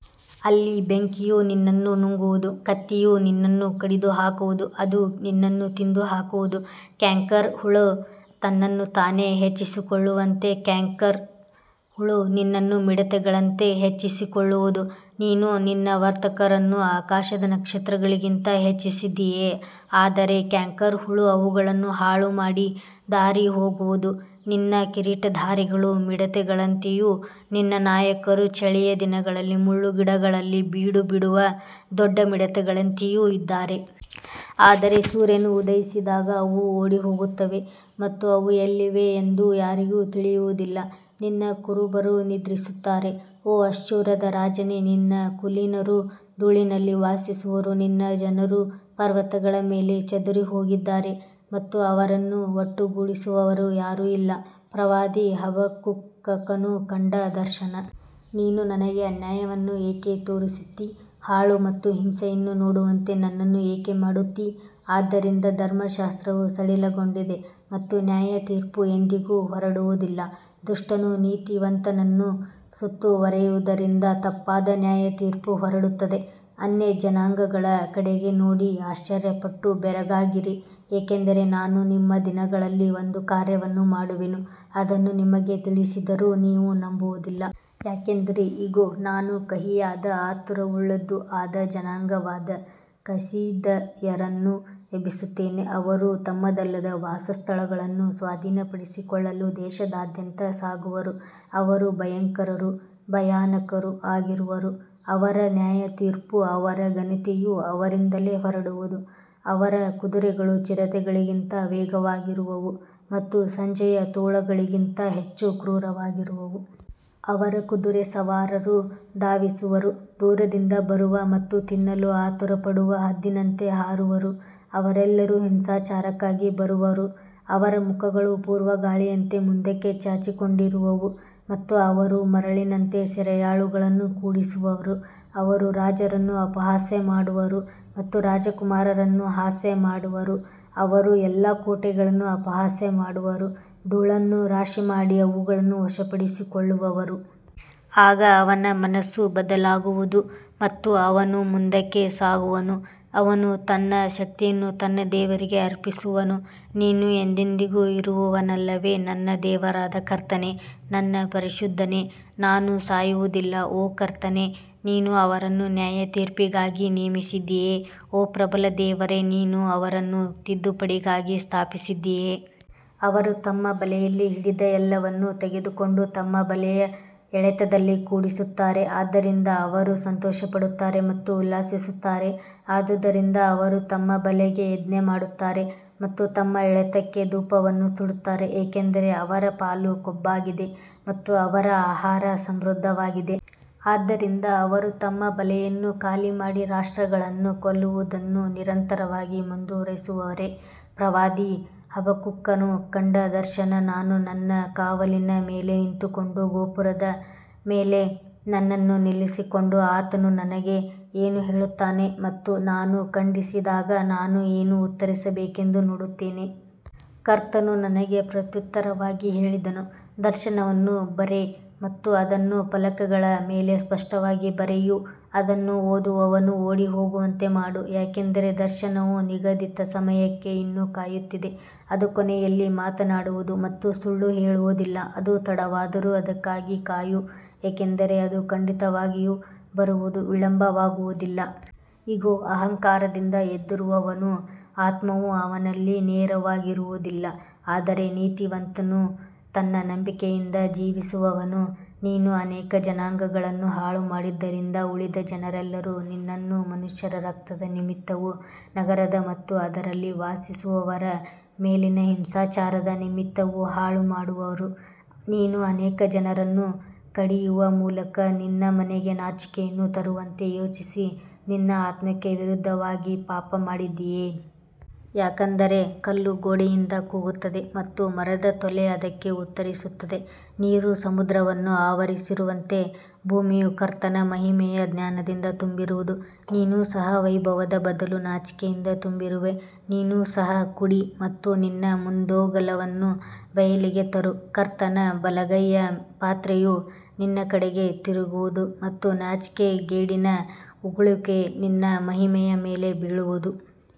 ಅಲ್ಲಿ ಬೆಂಕಿಯು ನಿನ್ನನ್ನು ನುಂಗುವುದು, ಕತ್ತಿಯು ನಿನ್ನನ್ನು ಕಡಿದುಹಾಕುವುದು, ಅದು ನಿನ್ನನ್ನು ತಿಂದುಹಾಕುವುದು. ಕ್ಯಾಂಕರ್ ಹುಳು ತನ್ನನ್ನು ತಾನೇ ಹೆಚ್ಚಿಸಿಕೊಳ್ಳುವಂತೆ, ಕ್ಯಾಂಕರ್ ಹುಳು ನಿನ್ನನ್ನು ಮಿಡತೆಗಳಂತೆ ಹೆಚ್ಚಿಸಿಕೊಳ್ಳುವುದು. ನೀನು ನಿನ್ನ ವರ್ತಕರನ್ನು ಆಕಾಶದ ನಕ್ಷತ್ರಗಳಿಗಿಂತ ಹೆಚ್ಚಿಸಿದ್ದೀಯೆ, ಆದರೆ ಕ್ಯಾಂಕರ್ ಹುಳು ಅವುಗಳನ್ನು ಹಾಳುಮಾಡಿ ಹಾರಿಹೋಗುವುದು. ನಿನ್ನ ಕಿರೀಟಧಾರಿಗಳು ಮಿಡತೆಗಳಂತೆಯೂ, ನಿನ್ನ ನಾಯಕರು ಚಳಿಯ ದಿನದಲ್ಲಿ ಮುಳ್ಳುಗಿಡಗಳಲ್ಲಿ ಬೀಡುಬಿಡುವ ದೊಡ್ಡ ಮಿಡತೆಗಳಂತೆಯೂ ಇದ್ದಾರೆ. ಆದರೆ ಸೂರ್ಯನು ಉದಯಿಸಿದಾಗ ಅವು ಓಡಿಹೋಗುತ್ತವೆ ಮತ್ತು ಅವು ಎಲ್ಲಿವೆ ಎಂದು ಯಾರಿಗೂ ತಿಳಿಯುವುದಿಲ್ಲ. ನಿನ್ನ ಕುರುಬರು ನಿದ್ರಿಸುತ್ತಾರೆ, ಓ ಅಶ್ಶೂರದ ರಾಜನೇ, ನಿನ್ನ ಕುಲೀನರು ಧೂಳಿನಲ್ಲಿ ವಾಸಿಸುವರು. ನಿನ್ನ ಜನರು ಪರ್ವತಗಳ ಮೇಲೆ ಚದುರಿಹೋಗಿದ್ದಾರೆ ಮತ್ತು ಅವರನ್ನು ಒಟ್ಟುಗೂಡಿಸುವವರು ಯಾರೂ ಇಲ್ಲ. ಪ್ರವಾದಿ ಹಬಕ್ಕೂಕನು ಕಂಡ ದರ್ಶನ. ನೀನು ನನಗೆ ಅನ್ಯಾಯವನ್ನು ಏಕೆ ತೋರಿಸುತ್ತೀ? ಹಾಳು ಮತ್ತು ಹಿಂಸೆಯನ್ನು ನೋಡುವಂತೆ ನನ್ನನ್ನು ಏಕೆ ಮಾಡುತ್ತೀ? ಆದ್ದರಿಂದ ಧರ್ಮಶಾಸ್ತ್ರವು ಸಡಿಲಗೊಂಡಿದೆ ಮತ್ತು ನ್ಯಾಯತೀರ್ಪು ಎಂದಿಗೂ ಹೊರಡುವುದಿಲ್ಲ. ದುಷ್ಟನು ನೀತಿವಂತನನ್ನು ಸುತ್ತುವರಿಯುವುದರಿಂದ ತಪ್ಪಾದ ನ್ಯಾಯತೀರ್ಪು ಹೊರಡುತ್ತದೆ. ಅನ್ಯಜನಾಂಗಗಳ ಕಡೆಗೆ ನೋಡಿ, ಆಶ್ಚರ್ಯಪಟ್ಟು ಬೆರಗಾಗಿರಿ, ಏಕೆಂದರೆ ನಾನು ನಿಮ್ಮ ದಿನಗಳಲ್ಲಿ ಒಂದು ಕಾರ್ಯವನ್ನು ಮಾಡುವೆನು, ಅದನ್ನು ನಿಮಗೆ ತಿಳಿಸಿದರೂ ನೀವು ನಂಬುವುದಿಲ್ಲ. ಯಾಕಂದರೆ ಇಗೋ, ನಾನು ಕಹಿಯೂ ಆತುರವುಳ್ಳದ್ದೂ ಆದ ಜನಾಂಗವಾದ ಕಸ್ದೀಯರನ್ನು ಎಬ್ಬಿಸುತ್ತೇನೆ. ಅವರು ತಮ್ಮದಲ್ಲದ ವಾಸಸ್ಥಳಗಳನ್ನು ಸ್ವಾಧೀನಪಡಿಸಿಕೊಳ್ಳಲು ದೇಶದಾದ್ಯಂತ ಸಾಗುವರು. ಅವರು ಭಯಂಕರರೂ ಭಯಾನಕರೂ ಆಗಿರುವರು. ಅವರ ನ್ಯಾಯತೀರ್ಪೂ ಅವರ ಘನತೆಯೂ ಅವರಿಂದಲೇ ಹೊರಡುವುದು. ಅವರ ಕುದುರೆಗಳು ಚಿರತೆಗಳಿಗಿಂತ ವೇಗವಾಗಿರುವವು ಮತ್ತು ಸಂಜೆಯ ತೋಳಗಳಿಗಿಂತ ಹೆಚ್ಚು ಕ್ರೂರವಾಗಿರುವವು. ಅವರ ಕುದುರೆ ಸವಾರರು ಧಾವಿಸುವರು, ದೂರದಿಂದ ಬರುವರು ಮತ್ತು ತಿನ್ನಲು ಆತುರಪಡುವ ಹದ್ದಿನಂತೆ ಹಾರುವರು. ಅವರೆಲ್ಲರೂ ಹಿಂಸಾಚಾರಕ್ಕಾಗಿ ಬರುವರು. ಅವರ ಮುಖಗಳು ಪೂರ್ವಗಾಳಿಯಂತೆ ಮುಂದಕ್ಕೆ ಚಾಚಿಕೊಂಡಿರುವವು ಮತ್ತು ಅವರು ಮರಳಿನಂತೆ ಸೆರೆಯಾಳುಗಳನ್ನು ಕೂಡಿಸುವರು. ಅವರು ರಾಜರನ್ನು ಅಪಹಾಸ್ಯ ಮಾಡುವರು ಮತ್ತು ರಾಜಕುಮಾರರನ್ನು ಹಾಸ್ಯ ಮಾಡುವರು. ಅವರು ಎಲ್ಲಾ ಕೋಟೆಗಳನ್ನು ಅಪಹಾಸ್ಯ ಮಾಡುವರು, ಧೂಳನ್ನು ರಾಶಿಮಾಡಿ ಅವುಗಳನ್ನು ವಶಪಡಿಸಿಕೊಳ್ಳುವರು. ಆಗ ಅವನ ಮನಸ್ಸು ಬದಲಾಗುವುದು ಮತ್ತು ಅವನು ಮುಂದಕ್ಕೆ ಸಾಗುವನು. ಅವನು ತನ್ನ ಶಕ್ತಿಯನ್ನು ತನ್ನ ದೇವರಿಗೆ ಅರ್ಪಿಸುವನು. ನೀನು ಎಂದೆಂದಿಗೂ ಇರುವವನಲ್ಲವೇ, ನನ್ನ ದೇವರಾದ ಕರ್ತನೇ, ನನ್ನ ಪರಿಶುದ್ಧನೇ? ನಾವು ಸಾಯುವುದಿಲ್ಲ. ಓ ಕರ್ತನೇ, ನೀನು ಅವರನ್ನು ನ್ಯಾಯತೀರ್ಪಿಗಾಗಿ ನೇಮಿಸಿದ್ದೀಯೆ. ಓ ಪ್ರಬಲ ದೇವರೇ, ನೀನು ಅವರನ್ನು ತಿದ್ದುಪಡಿಗಾಗಿ ಸ್ಥಾಪಿಸಿದ್ದೀಯೆ. ಅವರು ತಮ್ಮ ಬಲೆಯಲ್ಲಿ ಹಿಡಿದ ಎಲ್ಲವನ್ನೂ ತೆಗೆದುಕೊಂಡು ತಮ್ಮ ಬಲೆಯ ಎಳೆತದಲ್ಲಿ ಕೂಡಿಸುತ್ತಾರೆ. ಆದ್ದರಿಂದ ಅವರು ಸಂತೋಷಪಡುತ್ತಾರೆ ಮತ್ತು ಉಲ್ಲಾಸಿಸುತ್ತಾರೆ. ಆದುದರಿಂದ ಅವರು ತಮ್ಮ ಬಲೆಗೆ ಯಜ್ಞಮಾಡುತ್ತಾರೆ ಮತ್ತು ತಮ್ಮ ಎಳೆತಕ್ಕೆ ಧೂಪವನ್ನು ಸುಡುತ್ತಾರೆ, ಏಕೆಂದರೆ ಅವರ ಪಾಲು ಕೊಬ್ಬಾಗಿದೆ ಮತ್ತು ಅವರ ಆಹಾರ ಸಮೃದ್ಧವಾಗಿದೆ. ಆದ್ದರಿಂದ ಅವರು ತಮ್ಮ ಬಲೆಯನ್ನು ಖಾಲಿಮಾಡಿ, ರಾಷ್ಟ್ರಗಳನ್ನು ಕೊಲ್ಲುವುದನ್ನು ನಿರಂತರವಾಗಿ ಮುಂದುವರಿಸುವರೇ? ಪ್ರವಾದಿ ಹಬಕ್ಕೂಕನು ಕಂಡ ದರ್ಶನ. ನಾನು ನನ್ನ ಕಾವಲಿನ ಮೇಲೆ ನಿಂತುಕೊಂಡು ಗೋಪುರದ ಮೇಲೆ ನನ್ನನ್ನು ನಿಲ್ಲಿಸಿಕೊಂಡು, ಆತನು ನನಗೆ ಏನು ಹೇಳುತ್ತಾನೆ ಮತ್ತು ನಾನು ಖಂಡಿಸಿದಾಗ ನಾನು ಏನು ಉತ್ತರಿಸಬೇಕೆಂದು ನೋಡುತ್ತೇನೆ. ಕರ್ತನು ನನಗೆ ಪ್ರತ್ಯುತ್ತರವಾಗಿ ಹೇಳಿದನು, ದರ್ಶನವನ್ನು ಬರೆ ಮತ್ತು ಅದನ್ನು ಫಲಕಗಳ ಮೇಲೆ ಸ್ಪಷ್ಟವಾಗಿ ಬರೆಯು, ಅದನ್ನು ಓದುವವನು ಓಡಿಹೋಗುವಂತೆ ಮಾಡು. ಯಾಕಂದರೆ ದರ್ಶನವು ನಿಗದಿತ ಸಮಯಕ್ಕೆ ಇನ್ನೂ ಕಾಯುತ್ತಿದೆ. ಅದು ಕೊನೆಯಲ್ಲಿ ಮಾತನಾಡುವುದು ಮತ್ತು ಸುಳ್ಳು ಹೇಳುವುದಿಲ್ಲ. ಅದು ತಡವಾದರೂ ಅದಕ್ಕಾಗಿ ಕಾಯು, ಏಕೆಂದರೆ ಅದು ಖಂಡಿತವಾಗಿಯೂ ಬರುವುದು, ವಿಳಂಬವಾಗುವುದಿಲ್ಲ. ಇಗೋ, ಅಹಂಕಾರದಿಂದ ಎದ್ದಿರುವವನ ಆತ್ಮವು ಅವನಲ್ಲಿ ನೇರವಾಗಿರುವುದಿಲ್ಲ, ಆದರೆ ನೀತಿವಂತನು ತನ್ನ ನಂಬಿಕೆಯಿಂದ ಜೀವಿಸುವನು. ನೀನು ಅನೇಕ ಜನಾಂಗಗಳನ್ನು ಹಾಳುಮಾಡಿದ್ದರಿಂದ, ಉಳಿದ ಜನರೆಲ್ಲರೂ ನಿನ್ನನ್ನು ಮನುಷ್ಯರ ರಕ್ತದ ನಿಮಿತ್ತವೂ, ನಗರದ ಮತ್ತು ಅದರಲ್ಲಿ ವಾಸಿಸುವವರ ಮೇಲಿನ ಹಿಂಸಾಚಾರದ ನಿಮಿತ್ತವೂ ಹಾಳುಮಾಡುವರು. ನೀನು ಅನೇಕ ಜನರನ್ನು ಕಡಿಯುವ ಮೂಲಕ ನಿನ್ನ ಮನೆಗೆ ನಾಚಿಕೆಯನ್ನು ತರುವಂತೆ ಯೋಚಿಸಿ, ನಿನ್ನ ಆತ್ಮಕ್ಕೆ ವಿರುದ್ಧವಾಗಿ ಪಾಪಮಾಡಿದ್ದೀಯೆ. ಯಾಕಂದರೆ ಕಲ್ಲು ಗೋಡೆಯಿಂದ ಕೂಗುತ್ತದೆ ಮತ್ತು ಮರದ ತೊಲೆ ಅದಕ್ಕೆ ಉತ್ತರಿಸುತ್ತದೆ. ನೀರು ಸಮುದ್ರವನ್ನು ಆವರಿಸಿರುವಂತೆ ಭೂಮಿಯು ಕರ್ತನ ಮಹಿಮೆಯ ಜ್ಞಾನದಿಂದ ತುಂಬಿರುವುದು. ನೀನೂ ಸಹ ವೈಭವದ ಬದಲು ನಾಚಿಕೆಯಿಂದ ತುಂಬಿರುವೆ. ನೀನು ಸಹ ಕುಡಿ ಮತ್ತು ನಿನ್ನ ಮುಂದೊಗಲನ್ನು ಬಯಲಿಗೆ ತರು. ಕರ್ತನ ಬಲಗೈಯ ಪಾತ್ರೆಯು ನಿನ್ನ ಕಡೆಗೆ ತಿರುಗುವುದು ಮತ್ತು ನಾಚಿಕೆಗೇಡಿನ ಉಗುಳುವಿಕೆ ನಿನ್ನ ಮಹಿಮೆಯ ಮೇಲೆ ಬೀಳುವುದು.